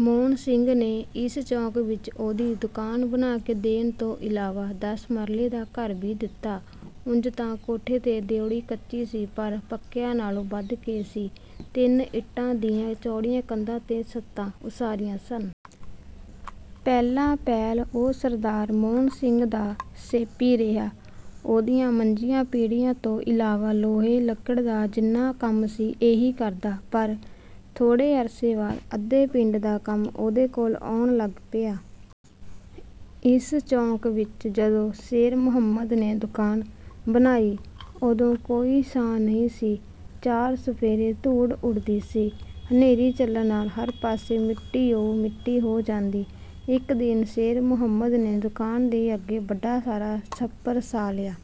ਮੋਹਨ ਸਿੰਘ ਨੇ ਇਸ ਚੌਕ ਵਿਚ ਉਹਦੀ ਦੁਕਾਨ ਬਣਾ ਕੇ ਦੇਣ ਤੋਂ ਇਲਾਵਾ ਦਸ ਮਰਲੇ ਦਾ ਘਰ ਵੀ ਦਿੱਤਾ। ਉਂਜ ਤਾਂ ਕੋਠੇ ਤੇ ਡਿਓੜੀ ਕੱਚੀ ਸੀ, ਪਰ ਪੱਕਿਆਂ ਨਾਲੋਂ ਵਧ ਕੇ ਸੀ। ਤਿੰਨ ਇੱਟਾਂ ਦੀਆਂ ਚੌੜੀਆਂ ਕੰਧਾਂ ਤੇ ਛੱਤਾਂ ਉਸਾਰੀਆਂ ਸਨ। ਪਹਿਲਾਂ-ਪਹਿਲ ਉਹ ਸਰਦਾਰ ਮੋਹਨ ਸਿੰਘ ਦਾ ਸੇਪੀ ਰਿਹਾ। ਉਹਦੀਆਂ ਮੰਜੀਆਂ, ਪੀੜ੍ਹੀਆਂ ਤੋਂ ਇਲਾਵਾ ਲੋਹੇ-ਲੱਕੜ ਦਾ ਜਿੰਨਾ ਕੰਮ ਸੀ, ਇਹੀ ਕਰਦਾ, ਪਰ ਥੋੜ੍ਹੇ ਅਰਸੇ ਬਾਅਦ ਅੱਧੇ ਪਿੰਡ ਦਾ ਕੰਮ ਉਹਦੇ ਕੋਲ ਆਉਣ ਲੱਗ ਪਿਆ। ਇਸ ਚੌਕ ਵਿਚ ਜਦੋਂ ਸ਼ੇਰ ਮੁਹੰਮਦ ਨੇ ਦੁਕਾਨ ਬਣਾਈ, ਉਦੋਂ ਕੋਈ ਛਾਂ ਨਹੀਂ ਸੀ। ਚਾਰ-ਚੁਫੇਰੇ ਧੂੜ ਉੱਡਦੀ ਸੀ। ਹਨੇਰੀ ਚੱਲਣ ਨਾਲ ਹਰ ਪਾਸੇ ਮਿੱਟੀਓਂ-ਮਿੱਟੀ ਹੋ ਜਾਂਦੀ। ਇਕ ਦਿਨ ਸ਼ੇਰ ਮੁਹੰਮਦ ਨੇ ਦੁਕਾਨ ਦੇ ਅੱਗੇ ਵੱਡਾ ਸਾਰਾ ਛੱਪਰ ਛਾ ਲਿਆ।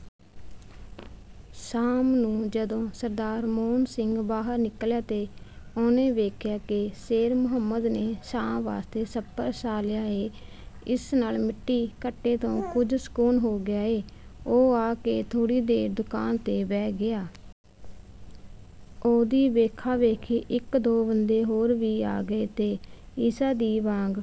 ਸ਼ਾਮ ਨੂੰ ਜਦੋਂ ਸਰਦਾਰ ਮੋਹਨ ਸਿੰਘ ਬਾਹਰ ਨਿਕਲਿਆ ਤੇ ਉਹਨੇ ਵੇਖਿਆ ਕਿ ਸ਼ੇਰ ਮੁਹੰਮਦ ਨੇ ਛਾਂ ਵਾਸਤੇ ਛੱਪਰ ਛਾ ਲਿਆ ਏ। ਇਸ ਨਾਲ ਮਿੱਟੀ-ਘੱਟੇ ਤੋਂ ਕੁਝ ਸਕੂਨ ਹੋ ਗਿਆ ਏ। ਉਹ ਆ ਕੇ ਥੋੜ੍ਹੀ ਦੇਰ ਦੁਕਾਨ 'ਤੇ ਬਹਿ ਗਿਆ। ਉਹਦੀ ਵੇਖਾ-ਵੇਖੀ ਇਕ-ਦੋ ਬੰਦੇ ਹੋਰ ਵੀ ਆ ਗਏ ਤੇ ਇਸ਼ਾ ਦੀ ਬਾਂਗ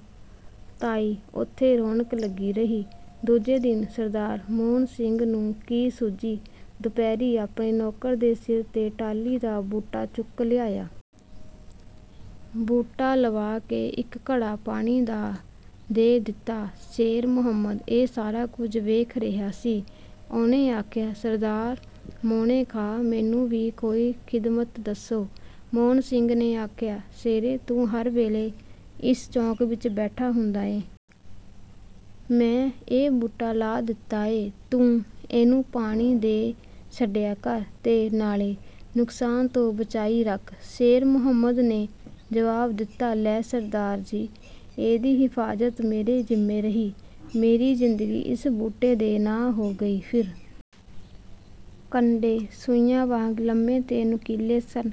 ਤਾਈਂ ਉੱਥੇ ਰੌਣਕ ਲੱਗੀ ਰਹੀ। ਦੂਜੇ ਦਿਨ ਸਰਦਾਰ ਮੋਹਨ ਸਿੰਘ ਨੂੰ ਕੀ ਸੁੱਝੀ, ਦੁਪਹਿਰੀਂ ਆਪਣੇ ਨੌਕਰ ਦੇ ਸਿਰ 'ਤੇ ਟਾਹਲੀ ਦਾ ਬੂਟਾ ਚੁਕ ਲਿਆਇਆ। ਬੂਟਾ ਲਵਾ ਕੇ ਇਕ ਘੜਾ ਪਾਣੀ ਦਾ ਦੇ ਦਿੱਤਾ। ਸ਼ੇਰ ਮੁਹੰਮਦ ਇਹ ਸਾਰਾ ਕੁਝ ਵੇਖ ਰਿਹਾ ਸੀ। ਉਹਨੇ ਆਖਿਆ, "ਸਰਦਾਰ ਮੋਹਣੇ ਖਾਂ! ਮੈਨੂੰ ਵੀ ਕੋਈ ਖ਼ਿਦਮਤ ਦੱਸੋ।" ਮੋਹਨ ਸਿੰਘ ਨੇ ਆਖਿਆ, "ਸ਼ੇਰੇ, ਤੂੰ ਹਰ ਵੇਲੇ ਇਸ ਚੌਕ ਵਿਚ ਬੈਠਾ ਹੁੰਦਾ ਐਂ। ਮੈਂ ਇਹ ਬੂਟਾ ਲਾ ਦਿੱਤਾ ਏ। ਤੂੰ ਇਹਨੂੰ ਪਾਣੀ ਦੇ ਛੱਡਿਆ ਕਰ ਤੇ ਨਾਲੇ ਨੁਕਸਾਨ ਤੋਂ ਬਚਾਈ ਰੱਖ।" ਸ਼ੇਰ ਮੁਹੰਮਦ ਨੇ ਜਵਾਬ ਦਿੱਤਾ, "ਲੈ ਸਰਦਾਰ ਜੀ, ਇਹਦੀ ਹਿਫ਼ਾਜ਼ਤ ਮੇਰੇ ਜ਼ਿੰਮੇ ਰਹੀ। ਮੇਰੀ ਜ਼ਿੰਦਗੀ ਇਸ ਬੂਟੇ ਦੇ ਨਾਂ ਹੋ ਗਈ ਫਿਰ।" ਕੰਡੇ ਸੂਈਆਂ ਵਾਂਗ ਲੰਮੇ ਤੇ ਨੁਕੀਲੇ ਸਨ।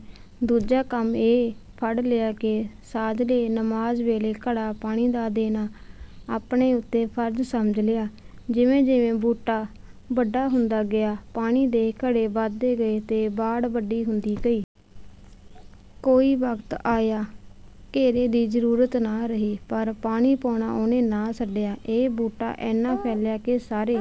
ਦੂਜਾ ਕੰਮ ਇਹ ਫੜ ਲਿਆ ਕਿ ਸਾਝਰੇ ਨਮਾਜ਼ ਵੇਲੇ ਘੜਾ ਪਾਣੀ ਦਾ ਦੇਣਾ ਆਪਣੇ ਉੱਤੇ ਫ਼ਰਜ਼ ਸਮਝ ਲਿਆ। ਜਿਵੇਂ-ਜਿਵੇਂ ਬੂਟਾ ਵੱਡਾ ਹੁੰਦਾ ਗਿਆ, ਪਾਣੀ ਦੇ ਘੜੇ ਵਧਦੇ ਗਏ ਤੇ ਵਾੜ ਵੱਡੀ ਹੁੰਦੀ ਗਈ। ਕੋਈ ਵਕਤ ਆਇਆ, ਘੇਰੇ ਦੀ ਜ਼ਰੂਰਤ ਨਾ ਰਹੀ, ਪਰ ਪਾਣੀ ਪਾਉਣਾ ਉਹਨੇ ਨਾ ਛੱਡਿਆ। ਇਹ ਬੂਟਾ ਇੰਨਾ ਫੈਲਿਆ, ਕਿ ਸਾਰੇ...